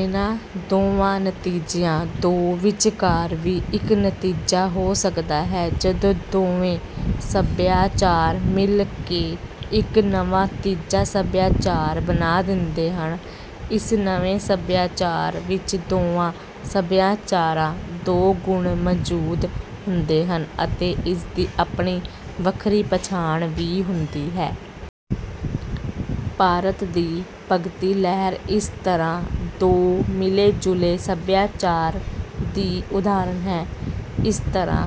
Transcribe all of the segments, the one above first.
ਇਨ੍ਹਾਂ ਦੋਵਾਂ ਨਤੀਜਿਆਂ ਦੋ ਵਿਚਕਾਰ ਵੀ ਇੱਕ ਨਤੀਜਾ ਹੋ ਸਕਦਾ ਹੈ। ਜਦੋਂ ਦੋਵੇਂ ਸਭਿਆਚਾਰ ਮਿਲ ਕੇ ਇੱਕ ਨਵਾਂ ਤੀਜਾ ਸਭਿਆਚਾਰ ਬਣਾ ਦਿੰਦੇ ਹਨ। ਇਸ ਨਵੇਂ ਸਭਿਆਚਾਰ ਵਿੱਚ ਦੋਵਾਂ ਸਭਿਆਚਾਰਾਂ ਦੋ ਗੁਣ ਮੌਜੂਦ ਹੁੰਦੇ ਹਨ ਅਤੇ ਇਸਦੀ ਆਪਣੀ ਵੱਖਰੀ ਪਛਾਣ ਵੀ ਹੁੰਦੀ ਹੈ। ਭਾਰਤ ਦੀ ਭਗਤੀ ਲਹਿਰ ਇਸ ਤਰ੍ਹਾਂ ਦੋ ਮਿਲੇ ਜੁਲੇ ਸਭਿਆਚਾਰ ਦੀ ਉਦਾਹਰਨ ਹੈ। ਇਸ ਤਰ੍ਹਾਂ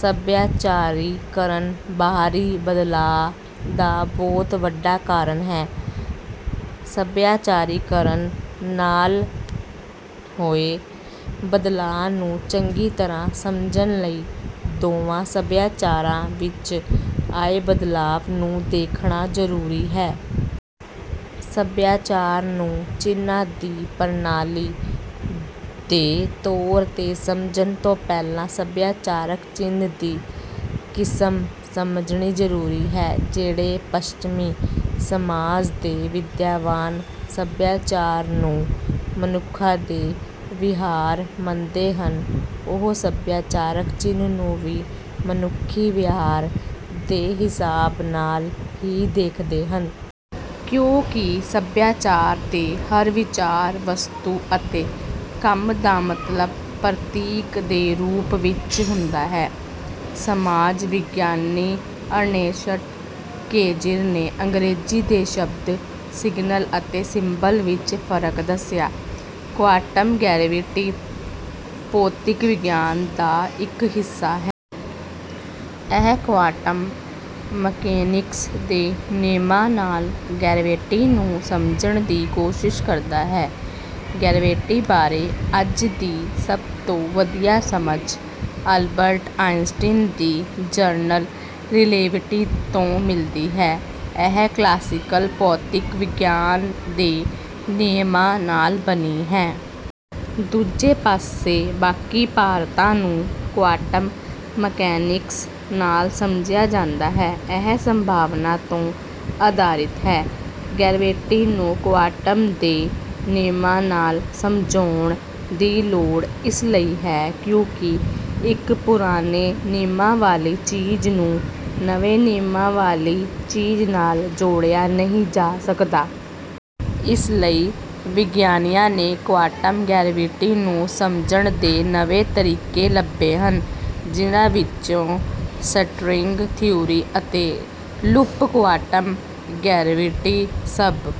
ਸੱਭਿਆਚਾਰੀਕਰਨ ਬਾਹਰੀ ਬਦਲਾਅ ਦਾ ਬਹੁਤ ਵੱਡਾ ਕਾਰਨ ਹੈ। ਸੱਭਿਆਚਾਰੀਕਰਨ ਨਾਲ ਹੋਏ ਬਦਲਾਅ ਨੂੰ ਚੰਗੀ ਤਰ੍ਹਾਂ ਸਮਝਣ ਲਈ ਦੋਵਾਂ ਸਭਿਆਚਾਰਾਂ ਵਿੱਚ ਆਏ ਬਦਲਾਅ ਨੂੰ ਦੇਖਣਾ ਜ਼ਰੂਰੀ ਹੈ। ਸਭਿਆਚਾਰ ਨੂੰ ਚਿੰਨ੍ਹਾਂ ਦੀ ਪ੍ਰਣਾਲੀ ਦੇ ਤੌਰ ਤੇ ਸਮਝਣ ਤੋਂ ਪਹਿਲਾਂ ਸਭਿਆਚਾਰਕ ਚਿੰਨ੍ਹ ਦੀ ਕਿਸਮ ਸਮਝਣੀ ਜ਼ਰੂਰੀ ਹੈ। ਜਿਹੜੇ ਪੱਛਮੀ ਸਮਾਜ ਦੇ ਵਿਦਵਾਨ ਸਭਿਆਚਾਰ ਨੂੰ ਮਨੁੱਖਾਂ ਦੇ ਵਿਹਾਰ ਮੰਨਦੇ ਹਨ ਉਹ ਸਭਿਆਚਾਰਕ ਚਿੰਨ੍ਹ ਨੂੰ ਵੀ ਮਨੁੱਖੀ ਵਿਹਾਰ ਦੇ ਹਿਸਾਬ ਨਾਲ ਹੀ ਦੇਖਦੇ ਹਨ। ਕਿਉਂਕਿ ਸਭਿਆਚਾਰ ਦੇ ਹਰ ਵਿਚਾਰ ਵਸਤੂ ਅਤੇ ਕੰਮ ਦਾ ਮਤਲਬ ਪ੍ਰਤੀਕ ਦੇ ਰੂਪ ਵਿੱਚ ਹੁੰਦਾ ਹੈ। ਸਮਾਜ ਵਿਗਿਆਨੀ ਅਰਨੈਸਟ ਕੈਜ਼ੀਰ ਨੇ ਅੰਗਰੇਜ਼ੀ ਦੇ ਸ਼ਬਦ ਸਿਗਨਲ ਅਤੇ ਸਿੰਬਲ ਵਿੱਚ ਫਰਕ ਦੱਸਿਆ। ਕੁਆਂਟਮ ਗਰੈਵਿਟੀ ਭੌਤਿਕ ਵਿਗਿਆਨ ਦਾ ਇੱਕ ਹਿੱਸਾ ਹੈ। ਇਹ ਕੁਆਂਟਮ ਮਕੈਨਿਕਸ ਦੇ ਨਿਯਮਾਂ ਨਾਲ ਗਰੈਵਿਟੀ ਨੂੰ ਸਮਝਣ ਦੀ ਕੋਸ਼ਿਸ਼ ਕਰਦਾ ਹੈ। ਗਰੈਵਿਟੀ ਬਾਰੇ ਅੱਜ ਦੀ ਸਭ ਤੋਂ ਵਧੀਆ ਸਮਝ ਅਲਬਰਟ ਆਈਨਸਟਾਈਨ ਦੀ ਜਨਰਲ ਰਿਲੇਟੀਵਿਟੀ ਤੋਂ ਮਿਲਦੀ ਹੈ। ਇਹ ਕਲਾਸੀਕਲ ਭੌਤਿਕ ਵਿਗਿਆਨ ਦੇ ਨਿਯਮਾਂ ਨਾਲ ਬਣੀ ਹੈ। ਦੂਜੇ ਪਾਸੇ ਬਾਕੀ ਤਾਕਤਾਂ ਨੂੰ ਕੁਆਟਮ ਮਕੈਨਿਕਸ ਨਾਲ ਸਮਝਿਆ ਜਾਂਦਾ ਹੈ ਇਹ ਸੰਭਾਵਨਾ ਤੋਂ ਆਧਾਰਿਤ ਹੈ ਗੈਰਵੇਟੀ ਨੂੰ ਕੁਆਟਮ ਦੇ ਨਿਯਮਾਂ ਨਾਲ ਸਮਝਾਉਣ ਦੀ ਲੋੜ ਇਸ ਲਈ ਹੈ ਕਿਉਂਕਿ ਇੱਕ ਪੁਰਾਣੇ ਨਿਯਮਾਂ ਵਾਲੀ ਚੀਜ਼ ਨੂੰ ਨਵੇਂ ਨਿਯਮਾਂ ਵਾਲੀ ਚੀਜ਼ ਨਾਲ ਜੋੜਿਆ ਨਹੀਂ ਜਾ ਸਕਦਾ ਇਸ ਲਈ ਵਿਗਿਆਨੀਆਂ ਨੇ ਕੁਆਂਟਮ ਗਰੈਵਿਟੀ ਨੂੰ ਸਮਝਣ ਦੇ ਨਵੇਂ ਤਰੀਕੇ ਲੱਭੇ ਹਨ। ਜਿਨ੍ਹਾਂ ਵਿੱਚੋਂ ਸਟਰਿੰਗ ਥਿਊਰੀ ਅਤੇ ਲੂਪ ਕੁਆਂਟਮ ਗਰੈਵਿਟੀ ਸਭ